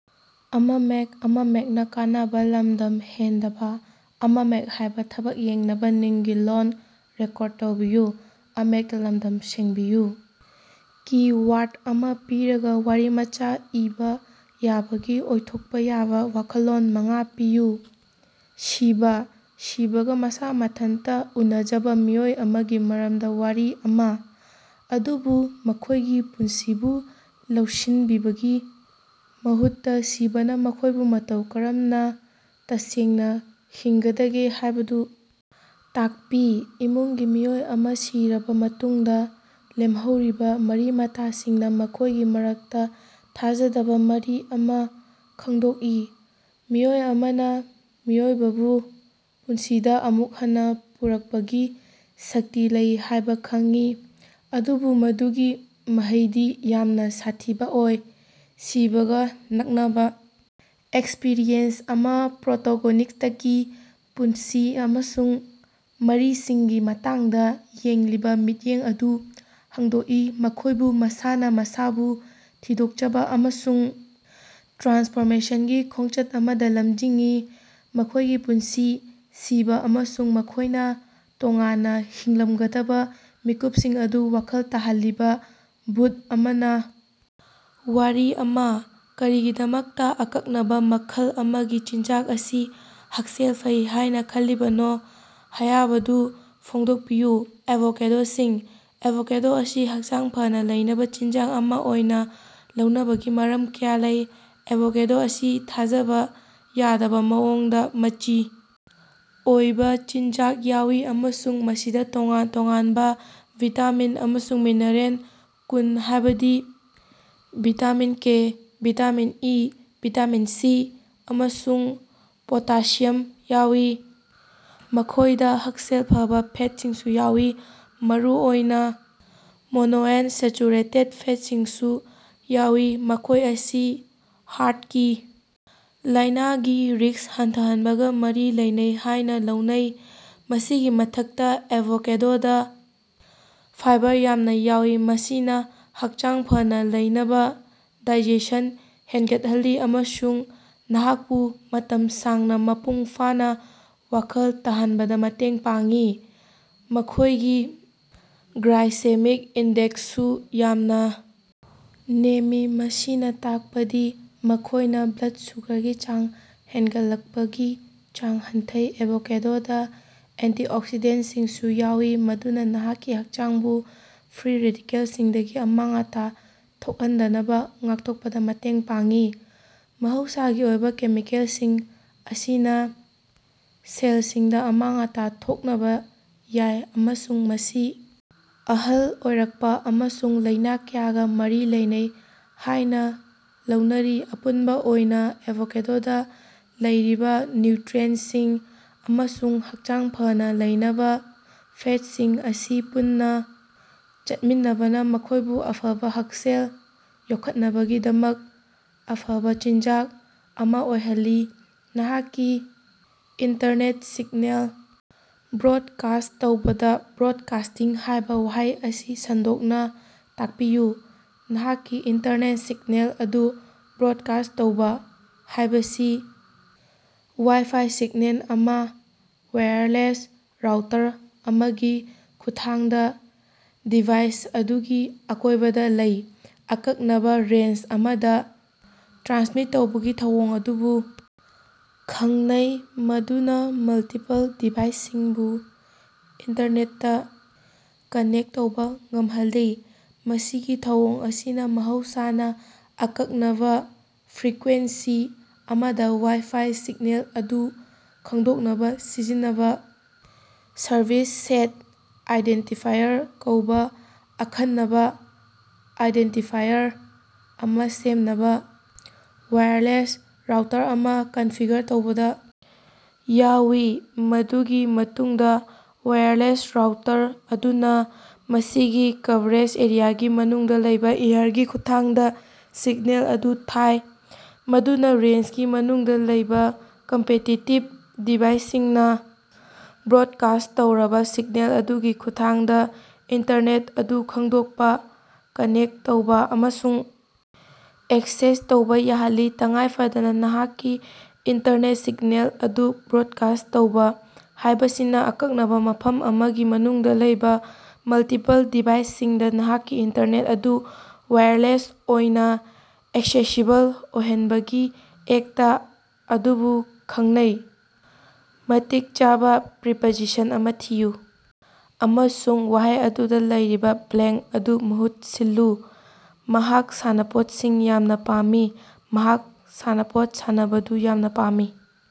Keyword ꯑꯃ ꯄꯤꯔꯒ, ꯋꯥꯔꯤꯃꯆꯥ ꯑꯃ ꯏꯕ ꯌꯥꯕꯒꯤ ꯑꯣꯏꯊꯣꯛꯄ ꯌꯥꯕ ꯋꯥꯈꯜꯂꯣꯟ ꯃꯉꯥ ꯄꯤꯌꯨ꯫ ꯁꯤꯕ:ꯁꯤꯕꯒ ꯃꯁꯥ ꯃꯊꯟꯇ ꯎꯅꯖꯕ ꯃꯤꯑꯣꯏ ꯑꯃꯒꯤ ꯃꯔꯝꯗ ꯋꯥꯔꯤ ꯑꯃ, ꯑꯗꯨꯕꯨ ꯃꯈꯣꯏꯒꯤ ꯄꯨꯟꯁꯤꯕꯨ ꯂꯧꯁꯤꯟꯕꯒꯤ ꯃꯍꯨꯠꯇ ꯁꯤꯕꯅ ꯃꯈꯣꯏꯕꯨ ꯃꯇꯧ ꯀꯔꯝꯅ ꯇꯁꯦꯡꯅ ꯍꯤꯡꯒꯗꯒꯦ ꯍꯥꯏꯕꯗꯨ ꯇꯥꯛꯄꯤ꯫ ꯏꯃꯨꯡꯒꯤ ꯃꯤꯑꯣꯏ ꯑꯃ ꯁꯤꯔꯕ ꯃꯇꯨꯡꯗ ꯂꯦꯝꯍꯧꯔꯤꯕ ꯃꯔꯤ-ꯃꯇꯥꯁꯤꯡꯅ ꯃꯈꯣꯏꯒꯤ ꯃꯔꯛꯇ ꯊꯥꯖꯗꯕ ꯃꯔꯤ ꯑꯃ ꯈꯪꯗꯣꯛꯏ꯫ ꯃꯤꯑꯣꯏ ꯑꯃꯅ ꯃꯤꯑꯣꯏꯕꯕꯨ ꯄꯨꯟꯁꯤꯗ ꯑꯃꯨꯛ ꯍꯟꯅ ꯄꯨꯔꯛꯄꯒꯤ ꯁꯛꯇꯤ ꯂꯩ ꯍꯥꯏꯕ ꯈꯪꯏ, ꯑꯗꯨꯕꯨ ꯃꯗꯨꯒꯤ ꯃꯍꯩꯗꯤ ꯌꯥꯝꯅ ꯁꯥꯊꯤꯕ ꯑꯣꯏ꯫ ꯁꯤꯕꯒ ꯅꯛꯅꯕ ꯑꯦꯛꯁꯄꯔꯤꯑꯦꯟꯁ ꯑꯃ ꯄ꯭ꯔꯣꯇꯣꯒꯣꯅꯤꯁ꯭ꯇꯀꯤ ꯄꯨꯟꯁꯤ ꯑꯃꯁꯨꯡ ꯃꯔꯤꯁꯤꯡꯒꯤ ꯃꯇꯥꯡꯗ ꯌꯦꯡꯂꯤꯕ ꯃꯤꯠꯌꯦꯡ ꯑꯗꯨ ꯍꯣꯡꯗꯣꯛꯏ, ꯃꯈꯣꯏꯕꯨ ꯃꯁꯥꯅ ꯃꯁꯥꯕꯨ ꯊꯤꯗꯣꯛꯆꯕ ꯑꯃꯁꯨꯡ ꯇ꯭ꯔꯥꯟꯁꯐꯣꯔꯃꯦꯁꯟꯒꯤ ꯈꯣꯡꯆꯠ ꯑꯃꯗ ꯂꯝꯖꯤꯡꯏ꯫ ꯃꯈꯣꯏꯒꯤ ꯄꯨꯟꯁꯤ, ꯁꯤꯕ ꯑꯃꯁꯨꯡ ꯃꯈꯣꯏꯅ ꯇꯣꯉꯥꯟꯅ ꯍꯤꯡꯂꯝꯒꯗꯕ ꯃꯤꯀꯨꯞꯁꯤꯡ ꯑꯗꯨ ꯋꯥꯈꯜ ꯇꯥꯍꯜꯂꯤꯕ ꯚꯨꯠ ꯑꯃꯅ ꯋꯥꯔꯤ ꯑꯃ꯫ ꯀꯔꯤꯒꯤꯗꯃꯛꯇ ꯑꯀꯛꯅꯕ ꯃꯈꯜ ꯑꯃꯒꯤ ꯆꯤꯟꯖꯥꯛ ꯑꯁꯤ ꯍꯛꯁꯦꯜ ꯐꯩ ꯍꯥꯏꯅ ꯈꯜꯂꯤꯕꯅꯣ ꯍꯥꯌꯕꯗꯨ ꯐꯣꯡꯗꯣꯛꯄꯤꯌꯨ꯫ ꯑꯦꯚꯣꯀꯦꯗꯣꯁꯤꯡ: ꯑꯦꯚꯣꯀꯦꯗꯣ ꯑꯁꯤ ꯍꯛꯆꯥꯡ ꯐꯅ ꯂꯩꯅꯕ ꯆꯤꯟꯖꯥꯛ ꯑꯃ ꯑꯣꯏꯅ ꯂꯧꯅꯕꯒꯤ ꯃꯔꯝ ꯀꯌꯥ ꯂꯩ꯫ ꯑꯦꯚꯣꯀꯦꯗꯣ ꯑꯁꯤ ꯊꯥꯖꯕ ꯌꯥꯗꯕ ꯃꯑꯣꯡꯗ ꯃꯆꯤ ꯑꯣꯏꯕ ꯆꯤꯟꯖꯥꯛ ꯌꯥꯎꯏ ꯑꯃꯁꯨꯡ ꯃꯁꯤꯗ ꯇꯣꯉꯥꯟ ꯇꯣꯉꯥꯟꯕ ꯚꯤꯇꯥꯃꯤꯟ ꯑꯃꯁꯨꯡ ꯃꯤꯅꯔꯦꯜ ꯀꯨꯟ ꯍꯥꯏꯕꯗꯤ vitamin K, vitamin E, vitamin C, ꯑꯃꯁꯨꯡ ꯄꯣꯇꯥꯁꯤꯌꯝ ꯌꯥꯎꯔꯤ꯫ ꯃꯈꯣꯏꯗ ꯍꯛꯁꯦꯜ ꯐꯕ ꯐꯦꯇꯁꯤꯡꯁꯨ ꯌꯥꯎꯏ, ꯃꯔꯨꯑꯣꯏꯅ ꯃꯣꯅꯣꯑꯟꯁꯦꯆꯨꯔꯦꯇꯦꯠ ꯐꯦꯠꯁꯤꯡꯁꯨ ꯌꯥꯎꯏ, ꯃꯈꯣꯏ ꯑꯁꯤ ꯍꯥꯔꯠꯀꯤ ꯂꯥꯏꯅꯥꯒꯤ ꯔꯤꯁ꯭ꯛ ꯍꯟꯊꯍꯟꯕꯒ ꯃꯔꯤ ꯂꯩꯅꯩ ꯍꯥꯏꯅ ꯂꯧꯅꯩ꯫ ꯃꯁꯤꯒꯤ ꯃꯊꯛꯇ, ꯑꯦꯚꯣꯀꯦꯗꯣꯅ ꯐꯥꯏꯕꯔ ꯌꯥꯝꯅ ꯌꯥꯎꯏ, ꯃꯁꯤꯅ ꯍꯛꯆꯥꯡ ꯐꯅ ꯂꯩꯅꯕ ꯗꯥꯏꯖꯦꯁꯟ ꯍꯦꯟꯒꯠꯍꯜꯂꯤ ꯑꯃꯁꯨꯡ ꯅꯍꯥꯛꯄꯨ ꯃꯇꯝ ꯁꯥꯡꯅ ꯃꯄꯨꯡ ꯐꯥꯅ ꯋꯥꯈꯜ ꯇꯥꯍꯟꯕꯗ ꯃꯇꯦꯡ ꯄꯥꯡꯏ꯫ ꯃꯈꯣꯏꯒꯤ ꯒ꯭ꯂꯥꯏꯁꯦꯃꯤꯛ ꯏꯟꯗꯦꯛꯁꯁꯨ ꯌꯥꯝꯅ ꯅꯦꯝꯃꯤ, ꯃꯁꯤꯅ ꯇꯥꯛꯄꯗꯤ ꯃꯈꯣꯏꯅ ꯕ꯭ꯂꯗ ꯁꯨꯒ꯭ꯔꯒꯤ ꯆꯥꯡ ꯍꯦꯟꯒꯠꯂꯛꯄꯒꯤ ꯆꯥꯡ ꯍꯟꯊꯩ꯫ ꯑꯦꯚꯣꯀꯦꯗꯣꯗ ꯑꯦꯟꯇꯤꯑꯣꯛꯁꯤꯗꯦꯟꯠꯁꯤꯡꯁꯨ ꯌꯥꯎꯏ, ꯃꯗꯨꯅ ꯅꯍꯥꯛꯀꯤ ꯍꯛꯆꯥꯡꯕꯨ ꯐ꯭ꯔꯤ ꯔꯦꯗꯤꯀꯦꯜꯁꯤꯡꯗꯒꯤ ꯑꯃꯥꯡ-ꯑꯇꯥ ꯊꯣꯛꯍꯟꯗꯅꯕ ꯉꯥꯛꯊꯣꯛꯄꯗ ꯃꯇꯦꯡ ꯄꯥꯡꯏ꯫ ꯃꯍꯧꯁꯥꯒꯤ ꯑꯣꯏꯕ ꯀꯦꯃꯤꯀꯦꯜꯁꯤꯡ ꯑꯁꯤꯅ ꯁꯦꯜꯁꯤꯡꯗ ꯑꯃꯥꯡ-ꯑꯇꯥ ꯊꯣꯛꯅꯕ ꯌꯥꯏ ꯑꯃꯁꯨꯡ ꯃꯁꯤ ꯑꯍꯜ ꯑꯣꯏꯔꯛꯄ ꯑꯃꯁꯨꯡ ꯂꯥꯏꯅꯥ ꯀꯌꯥꯒꯥ ꯃꯔꯤ ꯂꯩꯅꯩ ꯍꯥꯏꯅ ꯂꯧꯅꯔꯤ꯫ ꯑꯄꯨꯟꯕ ꯑꯣꯏꯅ, ꯑꯦꯚꯣꯀꯦꯗꯣꯗ ꯂꯩꯔꯤꯕ ꯅ꯭ꯌꯨꯇꯔꯤꯑꯦꯟꯠꯁꯤꯡ ꯑꯃꯁꯨꯡ ꯍꯛꯆꯥꯡ ꯐꯅ ꯂꯩꯅꯕ ꯐꯦꯠꯁꯤꯡ ꯑꯁꯤ ꯄꯨꯟꯅ ꯆꯠꯃꯤꯟꯅꯕꯅ ꯃꯈꯣꯏꯕꯨ ꯑꯐꯕ ꯍꯛꯁꯦꯜ ꯌꯣꯛꯈꯠꯅꯕꯒꯤꯗꯃꯛ ꯑꯐꯕ ꯆꯤꯟꯖꯥꯛ ꯑꯃꯥ ꯑꯣꯏꯍꯜꯂꯤ꯫ ꯅꯍꯥꯛꯀꯤ ꯏꯟꯇꯔꯅꯦꯠ ꯁꯤꯒꯅꯦꯜ ꯕ꯭ꯔꯣꯗꯀꯥꯁ꯭ꯠ ꯇꯧꯕꯗ 'ꯕ꯭ꯔꯣꯗꯀꯥꯁ꯭ꯇꯤꯡ' ꯍꯥꯏꯕ ꯋꯥꯍꯩ ꯑꯁꯤ ꯁꯟꯗꯣꯛꯅ ꯇꯥꯀꯄꯤꯌꯨ꯫ ꯅꯍꯥꯛꯀꯤ ꯏꯟꯇꯔꯅꯦꯠ ꯁꯤꯒꯅꯦꯜ ꯑꯗꯨ ꯕ꯭ꯔꯣꯗꯀꯥꯁ꯭ꯠ ꯇꯧꯕ ꯍꯥꯏꯕꯁꯤ ꯋꯥꯏ-ꯐꯥꯏ ꯁꯤꯒꯅꯦꯜ ꯑꯃ ꯋꯥꯏ꯭ꯔꯂꯦꯁ ꯔꯥꯎꯇꯔ ꯑꯃꯒꯤ ꯈꯨꯠꯊꯥꯡꯗ ꯗꯤꯚꯥꯏꯁ ꯑꯗꯨꯒꯤ ꯑꯀꯣꯏꯕꯗ ꯂꯩꯕ ꯑꯀꯛꯅꯕ ꯔꯦꯟꯖ ꯑꯃꯗ ꯇ꯭ꯔꯥꯟꯁꯃꯤꯠ ꯇꯧꯕꯒꯤ ꯊꯧꯑꯣꯡ ꯑꯗꯨꯕꯨ ꯈꯪꯅꯩ, ꯃꯗꯨꯅ ꯃꯜꯇꯤꯄꯜ ꯗꯤꯚꯥꯏꯁꯁꯤꯡꯕꯨ ꯏꯟꯇꯔꯅꯦꯠꯇ ꯀꯅꯦꯛ ꯇꯧꯕꯥ ꯉꯝꯍꯜꯂꯤ꯫ ꯃꯁꯤꯒꯤ ꯊꯧꯑꯣꯡ ꯑꯁꯤꯅ ꯃꯍꯧꯁꯥꯅ ꯑꯀꯛꯅꯕ ꯐ꯭ꯔꯤꯀ꯭ꯋꯦꯟꯁꯤ ꯑꯃꯗ ꯋꯥꯏ-ꯐꯥꯏ ꯁꯤꯒꯅꯦꯜ ꯑꯗꯨ ꯈꯪꯗꯣꯛꯅꯕ ꯁꯤꯖꯤꯟꯅꯕ ꯁꯔꯚꯤꯁ ꯁꯦꯠ ꯑꯥꯏꯗꯦꯟꯇꯤꯐꯥꯌꯔ ꯀꯧꯕ ꯑꯈꯟꯅꯕ ꯑꯥꯏꯗꯦꯟꯇꯤꯐꯥꯌꯔ ꯑꯃ ꯁꯦꯝꯅꯕ ꯋꯥꯏꯔꯂꯦꯁ ꯔꯥꯎꯇꯔ ꯑꯃ ꯀꯟꯐꯤꯒꯔ ꯇꯧꯕꯗ ꯌꯥꯎꯏ꯫ ꯃꯗꯨꯒꯤ ꯃꯇꯨꯡꯗꯥ ꯋꯥꯏꯔꯂꯦꯁ ꯔꯥꯎꯇꯔ ꯑꯗꯨꯅꯥ ꯃꯁꯤꯒꯤ ꯀꯚꯔꯦꯖ ꯑꯦꯔꯤꯌꯥꯒꯤ ꯃꯅꯨꯡꯗ ꯂꯩꯕ ꯑꯦꯌꯔꯒꯤ ꯈꯨꯠꯊꯥꯡꯗ ꯁꯤꯒꯅꯦꯜ ꯑꯗꯨ ꯊꯥꯏ, ꯃꯗꯨꯅ ꯔꯦꯟꯖꯀꯤ ꯃꯅꯨꯡꯗ ꯂꯩꯕꯥ ꯀꯝꯄꯦꯇꯤꯇꯤꯕ ꯗꯤꯚꯥꯏꯁꯁꯤꯡꯅ ꯕ꯭ꯔꯣꯗꯀꯥꯁ꯭ꯠ ꯇꯧꯔꯕ ꯁꯤꯒꯅꯦꯜ ꯑꯗꯨꯒꯤ ꯈꯨꯠꯊꯥꯡꯗ ꯏꯟꯇꯔꯅꯦꯠ ꯑꯗꯨ ꯈꯪꯗꯣꯛꯄ, ꯀꯅꯦꯛ ꯇꯧꯕ ꯑꯃꯁꯨꯡ ꯑꯦꯛꯁꯦꯁ ꯇꯧꯕ ꯌꯥꯍꯜꯂꯤ꯫ ꯇꯉꯥꯏꯐꯗꯅ, ꯅꯍꯥꯛꯀꯤ ꯏꯟꯇꯔꯅꯦꯠ ꯁꯤꯒꯅꯦꯜ ꯑꯗꯨ ꯕ꯭ꯔꯣꯗꯀꯥꯁ꯭ꯠ ꯇꯧꯕ ꯍꯥꯏꯕꯁꯤꯅ, ꯑꯀꯛꯅꯕ ꯃꯐꯝ ꯑꯃꯒꯤ ꯃꯅꯨꯡꯗ ꯂꯩꯕ ꯃꯜꯇꯤꯄꯜ ꯗꯤꯚꯥꯏꯁꯁꯤꯡꯗ ꯅꯍꯥꯛꯀꯤ ꯏꯟꯇꯔꯅꯦꯠ ꯑꯗꯨ ꯋꯥꯏꯔꯂꯦꯁ ꯑꯣꯏꯅ ꯑꯦꯛꯁꯦꯁꯤꯕꯜ ꯑꯣꯏꯍꯟꯕꯒꯤ ꯑꯦꯛꯇ ꯑꯗꯨꯕꯨ ꯈꯪꯅꯩ꯫ ꯃꯇꯤꯛ ꯆꯥꯕꯥ ꯄ꯭ꯔꯤꯄꯖꯤꯁꯟ ꯑꯃꯥ ꯊꯤꯌꯨ ꯑꯃꯁꯨꯡ ꯋꯥꯍꯩ ꯑꯗꯨꯗꯥ ꯂꯩꯔꯤꯕꯥ ꯕ꯭ꯂꯦꯉ꯭ꯛ ꯑꯗꯨ ꯃꯍꯨꯠ ꯁꯤꯜꯂꯨ꯫ ꯃꯍꯥꯛ ꯁꯥꯟꯅꯄꯣꯠꯁꯤꯡ ꯌꯥꯝꯅꯥ ꯄꯥꯝꯃꯤ꯫ ꯃꯍꯥꯛ ꯁꯥꯟꯅꯄꯣꯠ ꯁꯥꯟꯅꯕꯗꯨ ꯌꯥꯝꯅ ꯄꯥꯝꯃꯤ꯫